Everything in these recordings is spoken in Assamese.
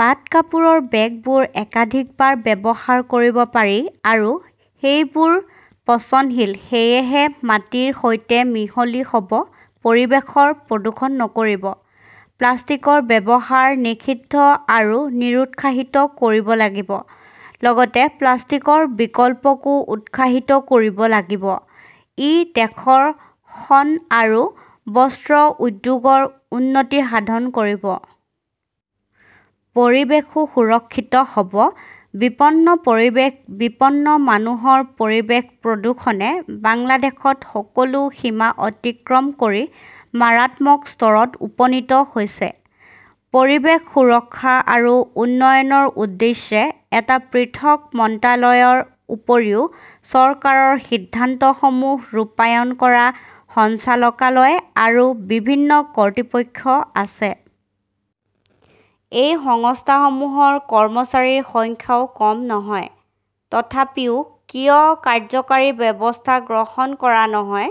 পাট কাপোৰৰ বেগবোৰ একাধিকবাৰ ব্যৱহাৰ কৰিব পাৰি আৰু সেইবোৰ পচনশীল সেয়েহে মাটিৰ সৈতে মিহলি হ'ব পৰিৱেশ প্ৰদূষণ নকৰিব। প্লাষ্টিকৰ ব্যৱহাৰ নিষিদ্ধ আৰু নিৰুৎসাহিত কৰিব লাগিব। লগতে প্লাষ্টিকৰ বিকল্পকো উৎসাহিত কৰিব লাগিব। ই দেশৰ শণ আৰু বস্ত্ৰ উদ্যোগৰ উন্নতি সাধন কৰিব। পৰিৱেশও সুৰক্ষিত হ'ব। বিপন্ন পৰিৱেশ বিপন্ন মানুহৰ পৰিৱেশ প্ৰদূষণে বাংলাদেশত সকলো সীমা অতিক্ৰম কৰি মাৰাত্মক স্তৰত উপনীত হৈছে। পৰিৱেশ সুৰক্ষা আৰু উন্নয়নৰ উদ্দেশ্যে এটা পৃথক মন্ত্ৰালয়ৰ উপৰিও চৰকাৰৰ সিদ্ধান্তসমূহ ৰূপায়ণ কৰা সঞ্চালকালয় আৰু বিভিন্ন কৰ্তৃপক্ষ আছে। এই সংস্থাসমূহৰ কৰ্মচাৰীৰ সংখ্যাও কম নহয়। তথাপিও কিয় কাৰ্যকৰী ব্যৱস্থা গ্ৰহণ কৰা নহয়?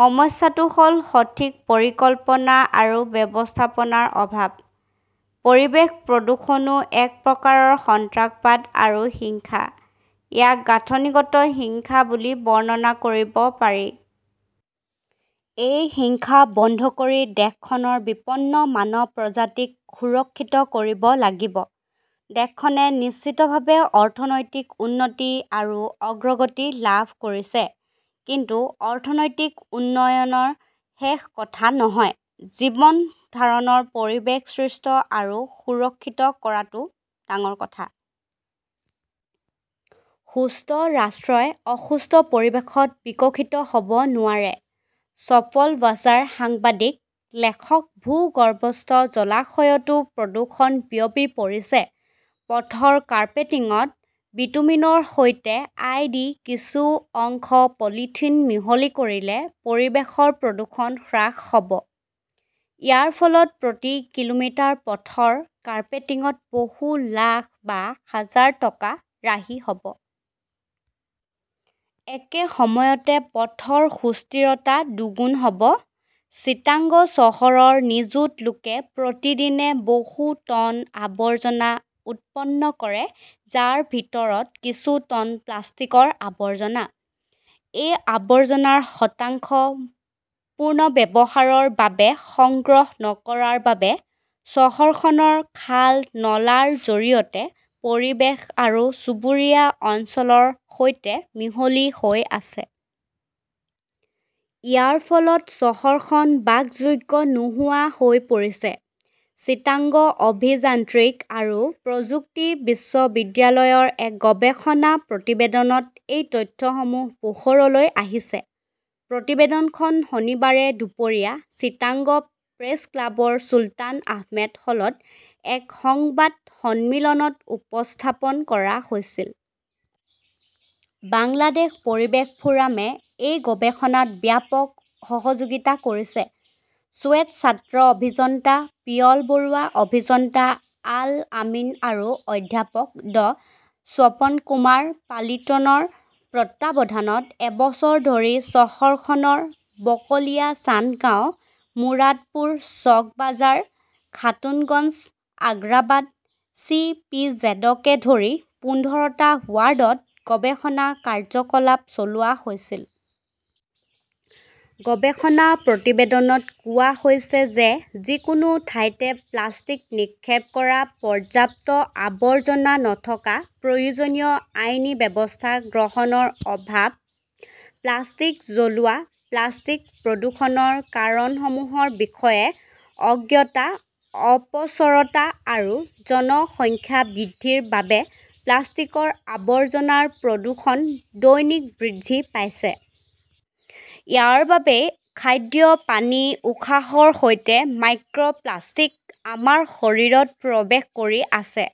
সমস্যাটো হ'ল সঠিক পৰিকল্পনা আৰু ব্যৱস্থাপনাৰ অভাৱ। পৰিৱেশ প্ৰদূষণও এক প্ৰকাৰৰ সন্ত্ৰাসবাদ আৰু হিংসা। ইয়াক গাঁথনিগত হিংসা বুলি বৰ্ণনা কৰিব পাৰি। এই হিংসা বন্ধ কৰি দেশখনৰ বিপন্ন মানৱ প্ৰজাতিক সুৰক্ষিত কৰিব লাগিব। দেশখনে নিশ্চিতভাৱে অৰ্থনৈতিক উন্নতি আৰু অগ্ৰগতি লাভ কৰিছে। কিন্তু অৰ্থনৈতিক উন্নয়নৰ শেষ কথা নহয়। জীৱন ধাৰণৰ পৰিৱেশ সৃষ্টি আৰু সুৰক্ষিত কৰাটো ডাঙৰ কথা। সুস্থ ৰাষ্ট্ৰই অসুস্থ পৰিৱেশত বিকশিত হ'ব নোৱাৰে। চপল বাছাৰ সাংবাদিক লেখক ভূগৰ্ভস্থ জলাশয়তো প্ৰদূষণ বিয়পি পৰিছে। পথৰ কাৰ্পেটিংত বিটুমিনৰ সৈতে আই ডি কিছু শতাংশ পলিথিন মিহলি কৰিলে পৰিৱেশৰ প্ৰদূষণ হ্ৰাস হ'ব। ইয়াৰ ফলত প্ৰতি কিলোমিটাৰ পথৰ কাৰ্পেটিংত বহু লাখ বা হাজাৰ টকা ৰাহি হ'ব। একে সময়তে পথৰ সুস্থিৰতা দুগুণ হ'ব। চিটাগং চহৰৰ নিযুত লোকে প্ৰতিদিনে বহু টন আৱৰ্জনা উৎপন্ন কৰে যাৰ ভিতৰত কিছু টন প্লাষ্টিকৰ আৱৰ্জনা। এই আৱৰ্জনাৰ শতাংশ পুনৰ্ব্যৱহাৰৰ বাবে সংগ্ৰহ নকৰাৰ বাবে চহৰখনৰ খাল নলাৰ জৰিয়তে পৰিৱেশ আৰু চুবুৰীয়া অঞ্চলৰ সৈতে মিহলি হৈ আছে। ইয়াৰ ফলত চহৰখন বাসযোগ্য নোহোৱা হৈ পৰিছে। চিটাগং অভিযান্ত্ৰিক আৰু প্ৰযুক্তি বিশ্ববিদ্যালয়ৰ এক গৱেষণা প্ৰতিবেদনত এই তথ্যসমূহ পোহৰলৈ আহিছে। প্ৰতিবেদনখন শনিবাৰে দুপৰীয়া চিটাগং প্ৰেছ ক্লাবৰ চুলতান আহমেদ হলত এক সংবাদ সন্মিলনত উপস্থাপন কৰা হৈছিল। বাংলাদেশ পৰিৱেশ ফোৰামে এই গৱেষণাত ব্যাপক সহযোগিতা কৰিছে। চুয়েট ছাত্ৰ অভিযন্তা পিয়াল বৰুৱা অভিযন্তা আল আমিন আৰু অধ্যাপক ড স্বপন কুমাৰ পালিটৰ তত্বাৱধানত এবছৰ ধৰি চহৰখনৰ বাকলিয়া চান্দগাঁও মুৰাদপুৰ চকবাজাৰ খাতুনগঞ্জ আগ্ৰাবাদ চিইপিজেডকে ধৰি পোন্ধৰটা ৱাৰ্ডত গৱেষণা কাৰ্যকলাপ চলোৱা হৈছিল। গৱেষণা প্ৰতিবেদনত কোৱা হৈছে যে যিকোনো ঠাইতে প্লাষ্টিক নিক্ষেপ কৰা পৰ্যাপ্ত আৱৰ্জনা নথকা প্ৰয়োজনীয় আইনী ব্যৱস্থা গ্ৰহণৰ অভাৱ প্লাষ্টিক জ্বলোৱা প্লাষ্টিক প্ৰদূষণৰ কাৰকসমূহৰ বিষয়ে অজ্ঞতা অপচৰতা আৰু জনসংখ্যা বৃদ্ধিৰ বাবে প্লাষ্টিকৰ আৱৰ্জনাৰ প্ৰদূষণ দৈনিক বৃদ্ধি পাইছে। ইয়াৰ বাবেই খাদ্য পানী উশাহৰ সৈতে মাইক্ৰ'প্লাষ্টিক আমাৰ শৰীৰত প্ৰৱেশ কৰি আছে।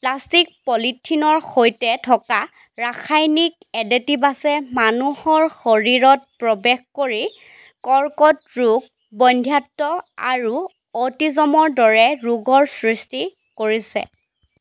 প্লাষ্টিক পলিথিনৰ সৈতে থকা ৰাসায়নিক এডেটিবাছে মানুহৰ শৰীৰত প্ৰৱেশ কৰি কৰ্কট ৰোগ বন্ধ্যাত্ব আৰু অটিজমৰ দৰে ৰোগৰ সৃষ্টি কৰিছে।